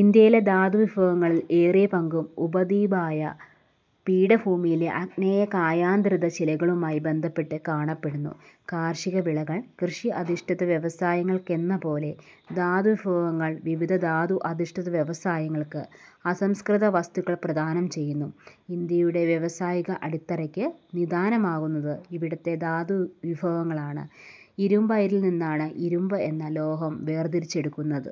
ഇന്ത്യയിലെ ധാതുവിഭവങ്ങളിൽ ഏറിയ പങ്കും ഉപദ്വീപീയ പീഠഭൂമിയിലെ ആഗ്നേയ-കായാന്തരിത ശിലകളുമായി ബന്ധപ്പെട്ട് കാണപ്പെടുന്നു. കാർഷികവിളകൾ കൃഷിയധിഷ്ഠിത വ്യവസായങ്ങൾക്കെന്നപോലെ ധാതുവിഭവങ്ങൾ വിവിധ ധാതു അധിഷ്ഠിത വ്യവസായങ്ങൾക്ക് അസംസ്കൃത വസ്തുക്കൾ പ്രദാനം ചെയ്യുന്നു. ഇന്ത്യയുടെ വ്യാവസായിക അടിത്തറയ്ക്ക് നിദാനമാകുന്നത് ഇവിടത്തെ ധാതുവിഭവങ്ങളാണ്. ഇരുമ്പയിരിൽ നിന്നാണ് ഇരുമ്പ് എന്ന ലോഹം വേർതിരിച്ചെടുക്കുന്നത്.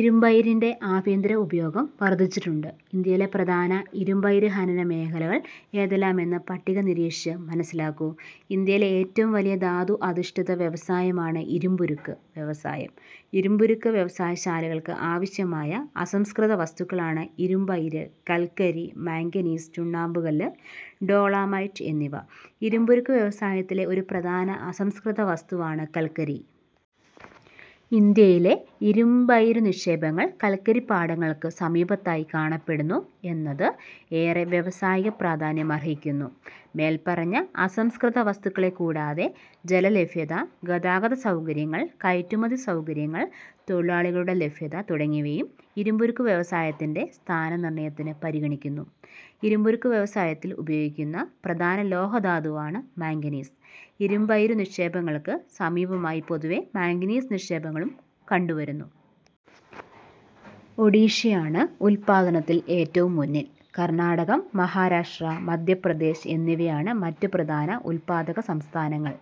ഇരുമ്പയിരിന്റെ ആഭ്യന്തര ഉപയോഗം വർധിച്ചിട്ടുണ്ട്. ഇന്ത്യയിലെ പ്രധാന ഇരുമ്പയിര് ഖനനമേഖലകൾ ഏതെല്ലാമെന്ന് പട്ടിക നിരീക്ഷിച്ച് മനസ്സിലാക്കൂ. ഇന്ത്യയിലെ ഏറ്റവും വലിയ ധാതു അധിഷ്ഠിത വ്യവസായമാണ് ഇരുമ്പുരുക്ക് വ്യവസായം. ഇരുമ്പുരുക്ക് വ്യവസായശാലകൾക്ക് ആവശ്യമായ അസംസ്കൃത വസ്തുക്കളാണ് ഇരുമ്പയിര്, കൽക്കരി, മാംഗനീസ്, ചുണ്ണാമ്പുകല്ല്, ഡോളമൈറ്റ് എന്നിവ. ഇരുമ്പുരുക്കു വ്യവസായത്തിലെ ഒരു പ്രധാന അസംസ്കൃതവസ്തുവാണ് കൽക്കരി. ഇന്ത്യയിലെ ഇരുമ്പയിരു നിക്ഷേപങ്ങൾ കൽക്കരിപ്പാടങ്ങൾക്ക് സമീപത്തായി കാണപ്പെടുന്നു എന്നത് ഏറെ വ്യാവസായിക പ്രാധാന്യ മർഹിക്കുന്നു. മേൽപ്പറഞ്ഞ അസംസ്കൃതവസ്തുക്കളെ കൂടാതെ ജലലഭ്യത, ഗതാഗത സൗകര്യങ്ങൾ, കയറ്റുമതി സൗകര്യങ്ങൾ, തൊഴിലാളികളുടെ ലഭ്യത തുടങ്ങിയവയും ഇരുമ്പുരുക്കുവ്യവസായത്തിന്റെ സ്ഥാനനിർണയത്തിന് പരിഗണിക്കുന്നു. ഇരുമ്പുരുക്കു വ്യവസായത്തിൽ ഉപയോഗിക്കുന്ന പ്രധാന ലോഹധാതുവാണ് മാംഗനീസ്. ഇരുമ്പയിരു നിക്ഷേപങ്ങൾക്കു സമീപമായി പൊതുവെ മാംഗനീസ് നിക്ഷേപങ്ങളും കണ്ടുവരുന്നു. ഒഡിഷയാണ് ഉൽപ്പാദനത്തിൽ ഏറ്റവും മുന്നിൽ. കർണാടകം, മഹാരാഷ്ട്ര, മധ്യപ്രദേശ് എന്നിവയാണ് മറ്റ് പ്രധാന ഉൽപ്പാദക സംസ്ഥാനങ്ങൾ.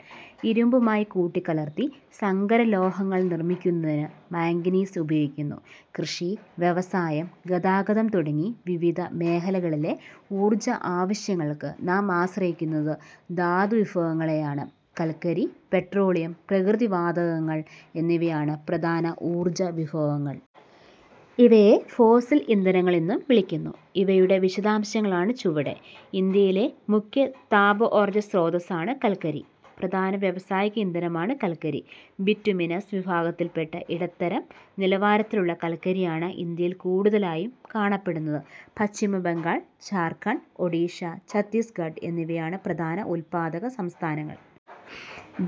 ഇരുമ്പുമായി കൂട്ടിക്കലർത്തി സങ്കരലോഹങ്ങൾ നിർമിക്കുന്നതിന് മാംഗനീസ് ഉപയോഗിക്കുന്നു. കൃഷി, വ്യവസായം, ഗതാഗതം തുടങ്ങി വിവിധ മേഖലകളിലെ ഊർജാവശ്യങ്ങൾക്ക് നാം ആശ്രയിക്കുന്നത് ധാതുവിഭവങ്ങളെയാണ്. കൽക്കരി, പെട്രോളിയം, പ്രകൃതിവാതകങ്ങൾ എന്നിവയാണ് പ്രധാന ഊർജ വിഭവങ്ങൾ. ഇവയെ ഫോസിൽ ഇന്ധനങ്ങൾ എന്നും വിളിക്കുന്നു. ഇവയുടെ വിശദാംശങ്ങളാണ് ചുവടെ. ഇന്ത്യയിലെ മുഖ്യ താപോർജസ്രോതസ്സാണ് കൽക്കരി. പ്രധാന വ്യാവസായിക ഇന്ധനമാണ് കൽക്കരി, ബിറ്റുമിനസ് വിഭാഗത്തിൽപ്പെട്ട ഇടത്തരം നിലവാരത്തിലുള്ള കൽക്കരിയാണ് ഇന്ത്യയിൽ കൂടുതലായും കാണപ്പെടുന്നത്. പശ്ചിമ ബംഗാൾ, ഝാർഖണ്ഡ്, ഒഡിഷ, ഛത്തീസ്ഗഡ് എന്നിവയാണ് പ്രധാന ഉൽപ്പാദക സംസ്ഥാനങ്ങൾ.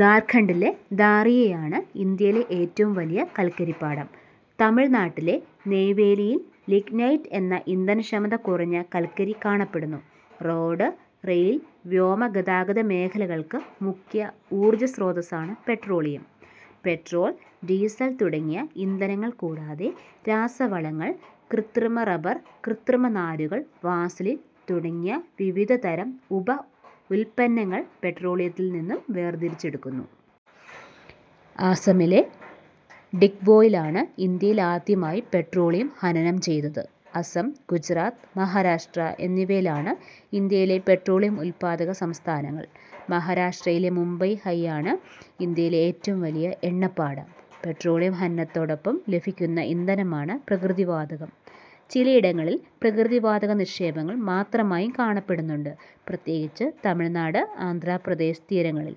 ഝാർഖണ്ഡിലെ ഝാറിയയാണ് ഇന്ത്യയിലെ ഏറ്റവും വലിയ കൽക്കരിപ്പാടം. തമിഴ്നാട്ടിലെ നെയ് വേലിയിൽ ലിഗ്നൈറ്റ് എന്ന ഇന്ധനക്ഷമത കുറഞ്ഞ കൽക്കരി കാണപ്പെടുന്നു. റോഡ്-റെയിൽ വ്യോമ ഗതാഗത മേഖലകൾക്ക് മുഖ്യ ഊർജസ്രോതസ്സാണ് പെട്രോളിയം. പെട്രോൾ, ഡീസൽ തുടങ്ങിയ ഇന്ധനങ്ങൾ കൂടാതെ രാസവളങ്ങൾ, കൃത്രിമ റബർ, കൃത്രിമനാരുകൾ, വാസലിൻ തുടങ്ങി വിവിധ തരം ഉപ ഉൽപ്പന്നങ്ങൾ പെട്രോളിയത്തിൽനിന്നു വേർതിരിച്ചെടുക്കുന്നു. അസമിലെ ഡിഗ്ബോയിലാണ് ഇന്ത്യയിൽ ആദ്യമായി പെട്രോളിയം ഖനനം ചെയ്തത്. അസം, ഗുജറാത്ത്, മഹാരാഷ്ട്ര എന്നിവയാണ്. ഇന്ത്യയിലെ പെട്രോളിയം ഉൽപാദക സംസ്ഥാനങ്ങൾ. മഹാരാഷ്ട്രയിലെ മുംബൈ-ഹൈയാണ് ഇന്ത്യയിലെ ഏറ്റവും വലിയ എണ്ണപ്പാടം. പെട്രോളിയം ഖനനത്തോടൊപ്പം ലഭിക്കുന്ന ഇന്ധനമാണ് പ്രകൃതിവാതകം. ചിലയിടങ്ങങ്ങളിൽ പ്രകൃതിവാതക നിക്ഷേപങ്ങൾ മാത്രമായും കാണപ്പെടുന്നുണ്ട്, പ്രത്യേകിച്ച് തമിഴ്നാട്, ആന്ധ്രാപ്രദേശ് തീരങ്ങളിൽ.